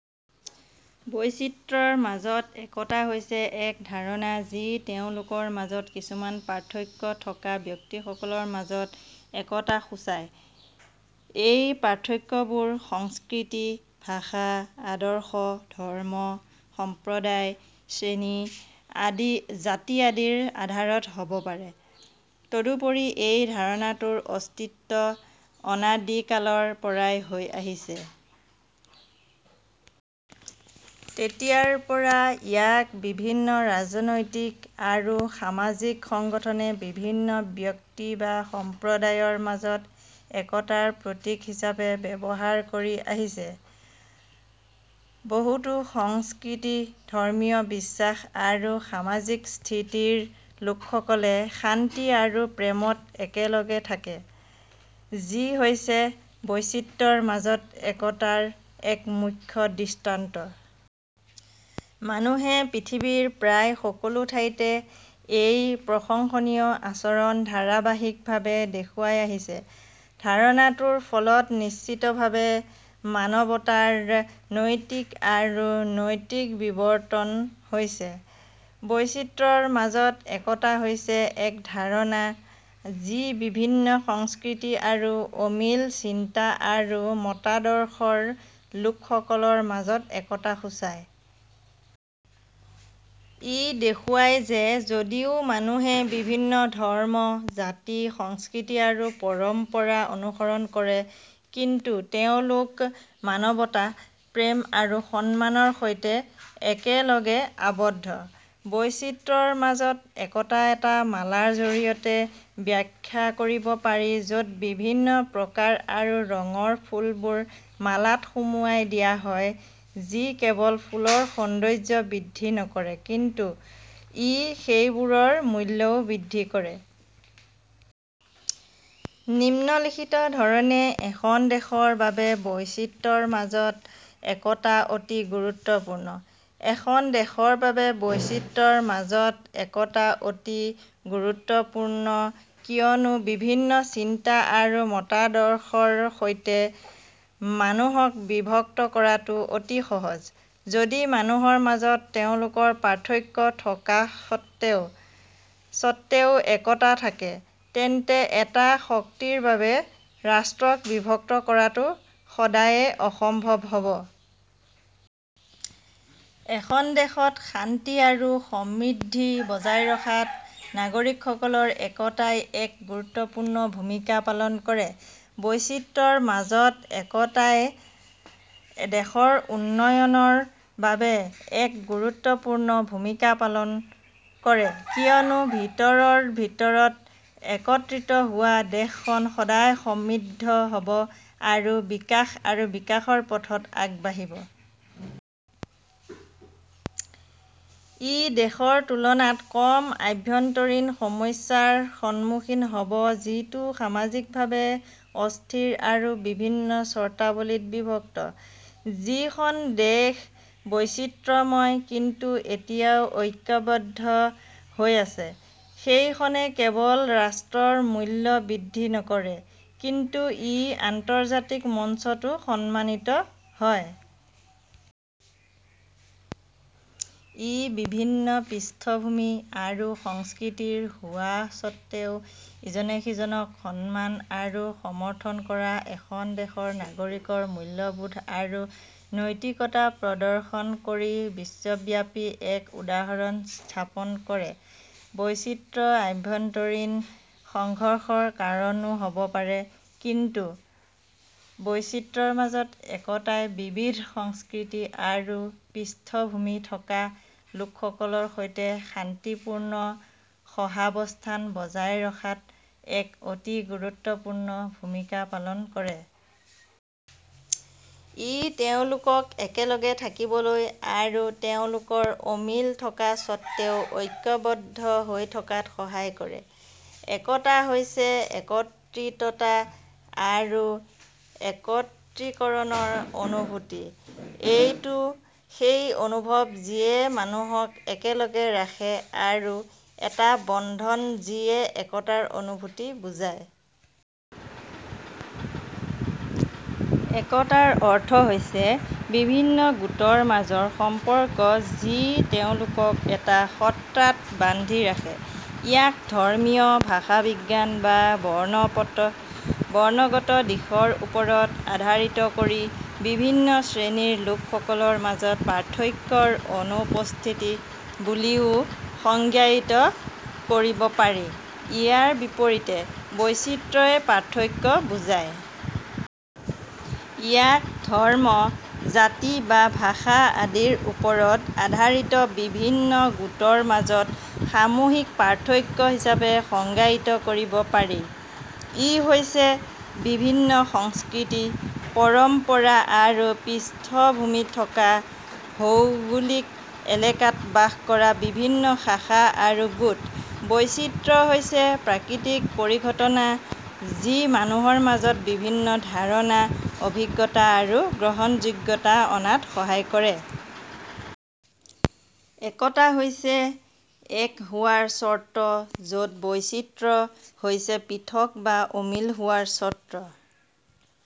বৈচিত্ৰ্যৰ মাজত একতা হৈছে এক ধাৰণা যি তেওঁলোকৰ মাজত কিছুমান পাৰ্থক্য থকা ব্যক্তিসকলৰ মাজত একতা সূচায়। এই পাৰ্থক্যবোৰ সংস্কৃতি, ভাষা, আদৰ্শ, ধৰ্ম, সম্প্ৰদায়, শ্ৰেণী, জাতি আদিৰ আধাৰত হ'ব পাৰে। তদুপৰি, এই ধাৰণাটোৰ অস্তিত্ব অনাদিকালৰ পৰাই হৈ আহিছে। তেতিয়াৰ পৰা, ইয়াক বিভিন্ন ৰাজনৈতিক আৰু সামাজিক সংগঠনে বিভিন্ন ব্যক্তি বা সম্প্ৰদায়ৰ মাজত একতাৰ প্ৰতীক হিচাপে ব্যৱহাৰ কৰি আহিছে। বহুতো সংস্কৃতি, ধৰ্ম্মীয় বিশ্বাস আৰু সামাজিক স্থিতিৰ লোকসকলে শান্তি আৰু প্ৰেমত একেলগে থাকে, যি হৈছে "বৈচিত্ৰ্যৰ মাজত একতা"ৰ এক মুখ্য দৃষ্টান্ত। মানুহে পৃথিৱীৰ প্ৰায় সকলো ঠাইতে এই প্ৰশংসনীয় আচৰণ ধাৰাবাহিকভাৱে দেখুৱাই আহিছে। ধাৰণাটোৰ ফলত নিশ্চিতভাৱে মানৱতাৰ নৈতিক আৰু নৈতিক বিৱৰ্তন হৈছে। বৈচিত্ৰ্যৰ মাজত একতা হৈছে এক ধাৰণা যি বিভিন্ন সংস্কৃতি আৰু অমিল চিন্তা আৰু মতাদৰ্শৰ লোকসকলৰ মাজত একতা সূচায়। ই দেখুৱায় যে যদিও মানুহে বিভিন্ন ধৰ্ম, জাতি, সংস্কৃতি আৰু পৰম্পৰা অনুসৰণ কৰে কিন্তু তেওঁলোক মানৱতা, প্ৰেম আৰু সন্মানৰ সৈতে একেলগে আবদ্ধ। বৈচিত্ৰ্যৰ মাজত একতা এটা মালাৰ জৰিয়তে ব্যাখ্যা কৰিব পাৰি য'ত বিভিন্ন প্ৰকাৰ আৰু ৰঙৰ ফুলবোৰ মালাত সুমুৱাই দিয়া হয় যি কেৱল ফুলৰ সৌন্দৰ্য বৃদ্ধি নকৰে কিন্তু ই সেইবোৰৰ মূল্যও বৃদ্ধি কৰে। নিম্নলিখিত ধৰণে এখন দেশৰ বাবে বৈচিত্ৰ্যৰ মাজত একতা অতি গুৰুত্বপূৰ্ণ: এখন দেশৰ বাবে বৈচিত্ৰ্যৰ মাজত একতা অতি গুৰুত্বপূৰ্ণ কিয়নো বিভিন্ন চিন্তা আৰু মতাদৰ্শৰ সৈতে মানুহক বিভক্ত কৰাটো অতি সহজ। যদি মানুহৰ মাজত তেওঁলোকৰ পাৰ্থক্য থকা স্বত্বেও একতা থাকে, তেন্তে এটা শক্তিৰ বাবে ৰাষ্ট্ৰক বিভক্ত কৰাটো সদায়ে অসম্ভৱ হ'ব। এখন দেশত শান্তি আৰু সমৃদ্ধি বজাই ৰখাত নাগৰিকসকলৰ একতাই এক গুৰুত্বপূৰ্ণ ভূমিকা পালন কৰে। বৈচিত্ৰ্যৰ মাজত একতাই দেশৰ উন্নয়নৰ বাবে এক গুৰুত্বপূৰ্ণ ভূমিকা পালন কৰে কিয়নো ভিতৰৰ ভিতৰত একত্ৰিত হোৱা দেশখন সদায় সমৃদ্ধ হ'ব আৰু বিকাশ আৰু বিকাশৰ পথত আগবাঢ়িব। ই দেশৰ তুলনাত কম আভ্যন্তৰীণ সমস্যাৰ সন্মুখীন হ'ব যিটো সামাজিকভাৱে অস্থিৰ আৰু বিভিন্ন চৰ্তাৱলীত বিভক্ত। যিখন দেশ বৈচিত্ৰময় কিন্তু এতিয়াও ঐক্যবদ্ধ হৈ আছে সেইখনে কেৱল ৰাষ্ট্ৰৰ মূল্য বৃদ্ধি নকৰে কিন্তু ই আন্তৰ্জাতিক মঞ্চতো সন্মানিত হয়। ই বিভিন্ন পৃষ্ঠভূমি আৰু সংস্কৃতিৰ হোৱা স্বত্বেও ইজনে সিজনক সন্মান আৰু সমৰ্থন কৰা এখন দেশৰ নাগৰিকৰ মূল্যবোধ আৰু নৈতিকতা প্ৰদৰ্শন কৰি বিশ্বব্যাপী এক উদাহৰণ স্থাপন কৰে। বৈচিত্ৰ্য আভ্যন্তৰীণ সংঘৰ্ষৰ কাৰণো হ'ব পাৰে কিন্তু বৈচিত্ৰ্যৰ মাজত একতাই বিবিধ সংস্কৃতি আৰু পৃষ্ঠভূমিথকা লোকসকলৰ সৈতে শান্তিপূৰ্ণ সহাবস্থান বজাই ৰখাত এক অতি গুৰুত্বপূৰ্ণ ভূমিকা পালন কৰে। ই তেওঁলোকক একেলগে থাকিবলৈ আৰু তেওঁলোকৰ অমিল থকা স্বত্বেও ঐক্যবদ্ধ হৈ থকাত সহায় কৰে। একতা হৈছে একত্ৰিততা আৰু একত্ৰীকৰণৰ অনুভূতি। এইটো সেই অনুভৱ যিয়ে মানুহক একেলগে ৰাখে আৰু এটা বন্ধন যিয়ে একতাৰ অনুভূতি বুজায়। একতাৰ অৰ্থ হৈছে বিভিন্ন গোটৰ মাজৰ সম্পৰ্ক যি তেওঁলোকক এটা সত্তাত বান্ধি ৰাখে। ইয়াক ধৰ্মীয়, ভাষাবিজ্ঞান বা বৰ্ণগত দিশৰ ওপৰত আধাৰিত কৰি বিভিন্ন শ্ৰেণীৰ লোকসকলৰ মাজত পাৰ্থক্যৰ অনুপস্থিতি বুলিও সংজ্ঞায়িত কৰিব পাৰি। ইয়াৰ বিপৰীতে, বৈচিত্ৰ্যই পাৰ্থক্য বুজায়। ইয়াক ধৰ্ম, জাতি বা ভাষা আদিৰ ওপৰত আধাৰিত বিভিন্ন গোটৰ মাজত সামূহিক পাৰ্থক্য হিচাপে সংজ্ঞায়িত কৰিব পাৰি। ই হৈছে বিভিন্ন সংস্কৃতি, পৰম্পৰা আৰু পৃষ্ঠভূমিথকা ভৌগোলিক এলেকাত বাস কৰা বিভিন্ন শাখা আৰু গোট। বৈচিত্ৰ্য হৈছে প্ৰাকৃতিক পৰিঘটনা যি মানুহৰ মাজত বিভিন্ন ধাৰণা, অভিজ্ঞতা আৰু গ্ৰহণযোগ্যতা অনাত সহায় কৰে। একতা হৈছে এক হোৱাৰ চৰ্ত য'ত বৈচিত্ৰ্য হৈছে পৃথক বা অমিল হোৱাৰ চৰ্ত।